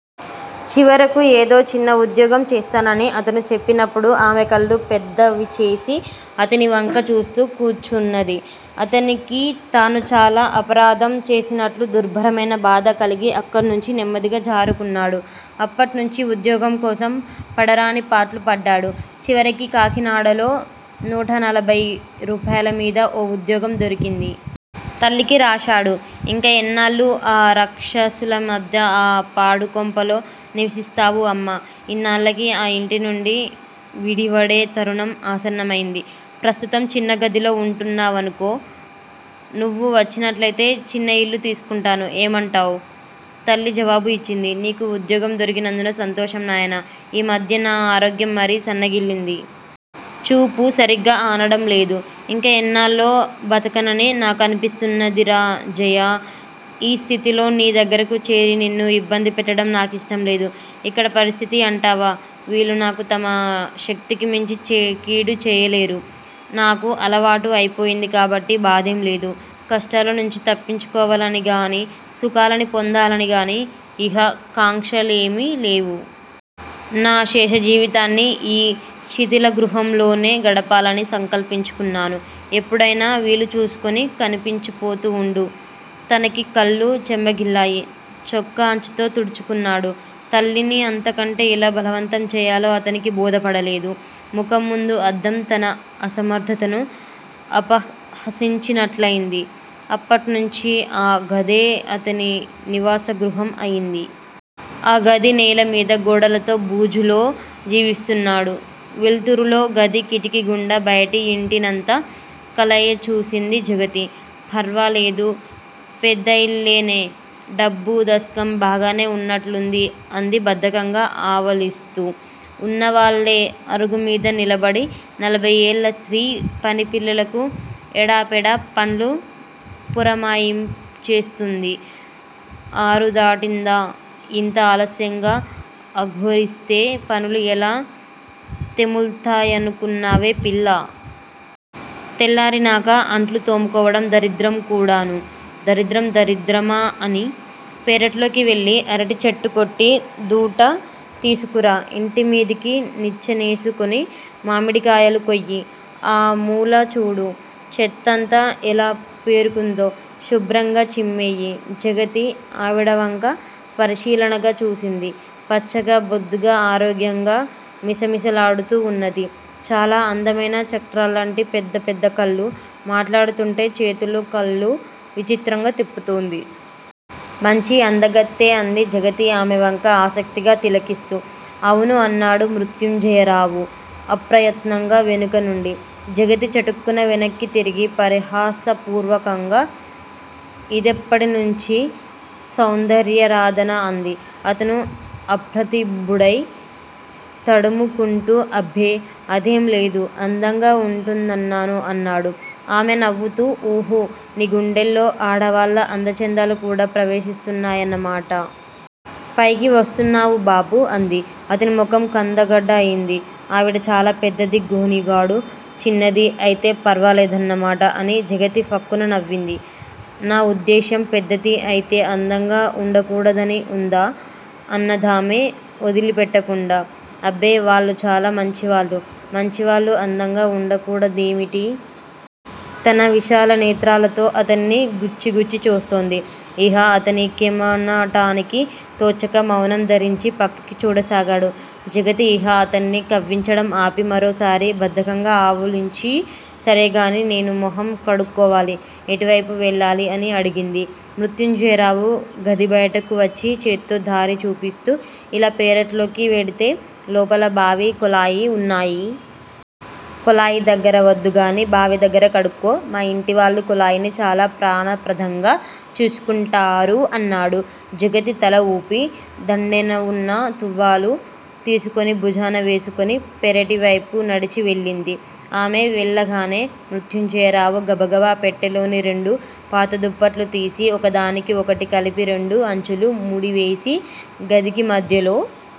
చివరకు ఏదో చిన్న ఉద్యోగం చేస్తానని అతను చెప్పినప్పుడు ఆమెకళ్ళు పెద్దవిచేసి అతనివంక చూస్తూ కూచున్నది. అతనికి తాను చాలా అపరాధం చేసినట్లు దుర్భరమైన బాధకలిగి అక్కడ్నుంచి నెమ్మదిగా జారుకున్నాడు. అప్పట్నుంచీ ఉద్యోగంకోసం పడరాని పాట్లు పడ్డాడు. చివరికి కాకినాడలో నూటనలభయి రూపాయలమీద ఓ ఉద్యోగం దొరికింది. తల్లికి రాశాడు. ఇంకా ఎన్నాళ్ళు ఆ రాక్షసులమధ్య ఆ పాడుకొంపలో నివసిస్తావు అమ్మా! ఇనాళ్ళకి ఆ యింటినుండి విడివడే తరుణం ఆసన్నమయింది. ప్రస్తుతం చిన్నగదిలో వుంటున్నాననుకో. నువ్వు వచ్చేట్లయితే చిన్నయిల్లు తీసుకుంటాను. ఏమంటావు? తల్లి జవాబు యిచ్చింది. నీకు ఉద్యోగం దొరికినందుకు సంతోషం నాయనా! ఈమధ్య నా ఆరోగ్యం మరీ సన్నగిల్లింది. చూపూ సరిగ్గా ఆనటం లేదు. ఇంకా ఎన్నాళ్ళో బ్రతకనని నాకనిపిస్తున్నదిరా జయా! ఈ స్థితిలో నీ దగ్గరకు చేరి నిన్ను యిబ్బందిపెట్టటం నాకిష్టంలేదు. ఇక్కడ పరిస్థితి అంటావా? వీళ్ళు నాకు తమ శక్తికిమించి కీడు చేయలేరు. నాకు అలవాటు అయిపోయింది కాబట్టి బాధేంలేదు. కష్టాలనుంచి తప్పించుకోవాలనిగాని, సుఖాలని పొందాలనిగాని యిహ కాంక్షలేమీ లేవు. నా శేషజీవితాన్ని యీ శిథిలగృహంలోనే గడపాలని సంకల్పించుకున్నాను. ఎప్పుడైనా వీలుచూసుకుని కనిపించిపోతూ వుండు. తనకి కళ్ళు చెమ్మగిల్లాయి. చొక్కా అంచుతో తుడుచుకున్నాడు. తల్లిని అంతకంటే ఎలా బలవంతం చెయ్యాలో అతనికి బోధపడలేదు. ముఖంముందు అద్దం తన అసమర్థతను అపహసించినట్లయింది. అప్పట్నుంచీ ఆ గదే అతని నివాసగృహం అయింది. ఆ గది నేలమీద, గోడలతో బూజులో జీవిస్తున్నాడు. వెల్తురులో గది కిటికీగుండా బయటి యింటినంతా కలయచూసింది జగతి. ఫర్వాలేదు. పెద్దయిల్లేనే. డబ్బూ, దస్కం బాగానే వున్నట్లుంది అంది బద్ధకంగా ఆవులిస్తూ. ఉన్నవాళ్ళే అరుగుమీద నిలబడి నలభైఏళ్ళ స్త్రీ పనిపిల్లలకు ఎడాపెడా పన్లు పురమాయించేస్తుంది. ఆరుదాటిందా? యింత ఆలస్యంగా అఘోరిస్తే పనులు ఎలా తెముల్తాయనుకున్నావే పిల్లా! తెల్లారినాక అంట్లు తోముకోవటం దరిద్రంకూడానూ. దరిద్రం దరిద్రమా అని. పెరట్లోకి వెళ్లి అరిటిచెట్టుకొట్టి దూట తీసుకురా. ఇంటిమీదికి నిచ్చెనేసుకుని మామిడికాయలు కొయ్యి. ఆ మూలచూడు. చెత్తంతా యెలా పేరుకుందో? శుభ్రంగా చిమ్మెయ్యి. జగతి ఆవిడవంక పరిశీలనగా చూసింది. పచ్చగా, బొద్దుగా, ఆరోగ్యంగా మిసమిసలాడుతూ వున్నది. చాలా అందమైన చక్రాల్లాంటి పెద్దపెద్ద కళ్ళు, మాట్లాడుతూంటే చేతులూ, కళ్ళూ విచిత్రంగా తిప్పుతోంది. మంచి అందగత్తె అంది జగతి ఆమెవంక ఆసక్తిగా తిలకిస్తూ. అవును అన్నాడు మృత్యుంజయరావు అప్రయత్నంగా వెనకనుండి. జగతి చటుక్కున వెనక్కి తిరిగి పరిహాసపూర్వకంగా యిదెప్పటినుంచీ సౌందర్యారాధన అంది. అతను అప్రతిభుడై తడుముకుంటూ అబ్బే. అదేంలేదు. అందంగా వుంటుందన్నాను అన్నాడు. ఆమె నవ్వుతూ, ఊహూఁ, నీ గుండెల్లో ఆడవాళ్ళ అందచందాలు కూడా ప్రవేశిస్తున్నాయన్నమాట. పైకి వస్తున్నావు బాబూ! అంది. అతనిముఖం కందగడ్డ అయింది. ఆవిడ చాలా పెద్దది గొణిగాడు. చిన్నది అయితే ఫర్వాలేదన్నమాట అని జగతి ఫక్కున నవ్వింది. నా ఉద్దేశ్యం పెద్దది అయితే అందంగా వుండకూడదని వుందా? అన్నదామె వొదిలిపెట్టకుండా. అబ్బే, వాళ్ళు చాలా మంచివాళ్ళు. మంచివాళ్ళు అందంగా వుండకూడదేమిటి? తన విశాలనేత్రాలతో అతన్ని గుచ్చిగుచ్చి చూస్తోంది. ఇహ అతనికేమనటానికీ తోచక మౌనం ధరించి ప్రక్కకి చూడసాగాడు. జగతి యిహ అతన్ని కవ్వించటం ఆపి, మరోసారి బద్ధకంగా ఆవులించి సరేగాని, నేను మొహం కడుక్కోవాలి. ఎటువైపు వెళ్ళాలి? అని అడిగింది. మృత్యుంజయరావు గదిబయటకు వచ్చి చేత్తో దారి చూపిస్తూ ఇలా పెరట్లోకి వెడితే లోపల బావీ, కొళాయీ వున్నాయి. కొళాయి దగ్గర వద్దుగానీ, బావిదగ్గర కడుక్కో. మా యింటివాళ్ళు కొళాయిని చాలా ప్రాణప్రదంగా చూసుకుంటారు అన్నాడు. జగతి తల ఊపి, దండేనవున్న తువ్వాలు తీసుకుని భుజాన వేసుకుని, పెరటివైపు నడిచి వెళ్ళింది. ఆమె వెళ్ళగానే మృత్యుంజయరావు గబగబ పెట్టెలోని రెండు పాతదుప్పట్లు తీసి ఒకదానికి ఒకటి కలిపి రెండు అంచులూ ముడివేసి, గదికి మధ్యలో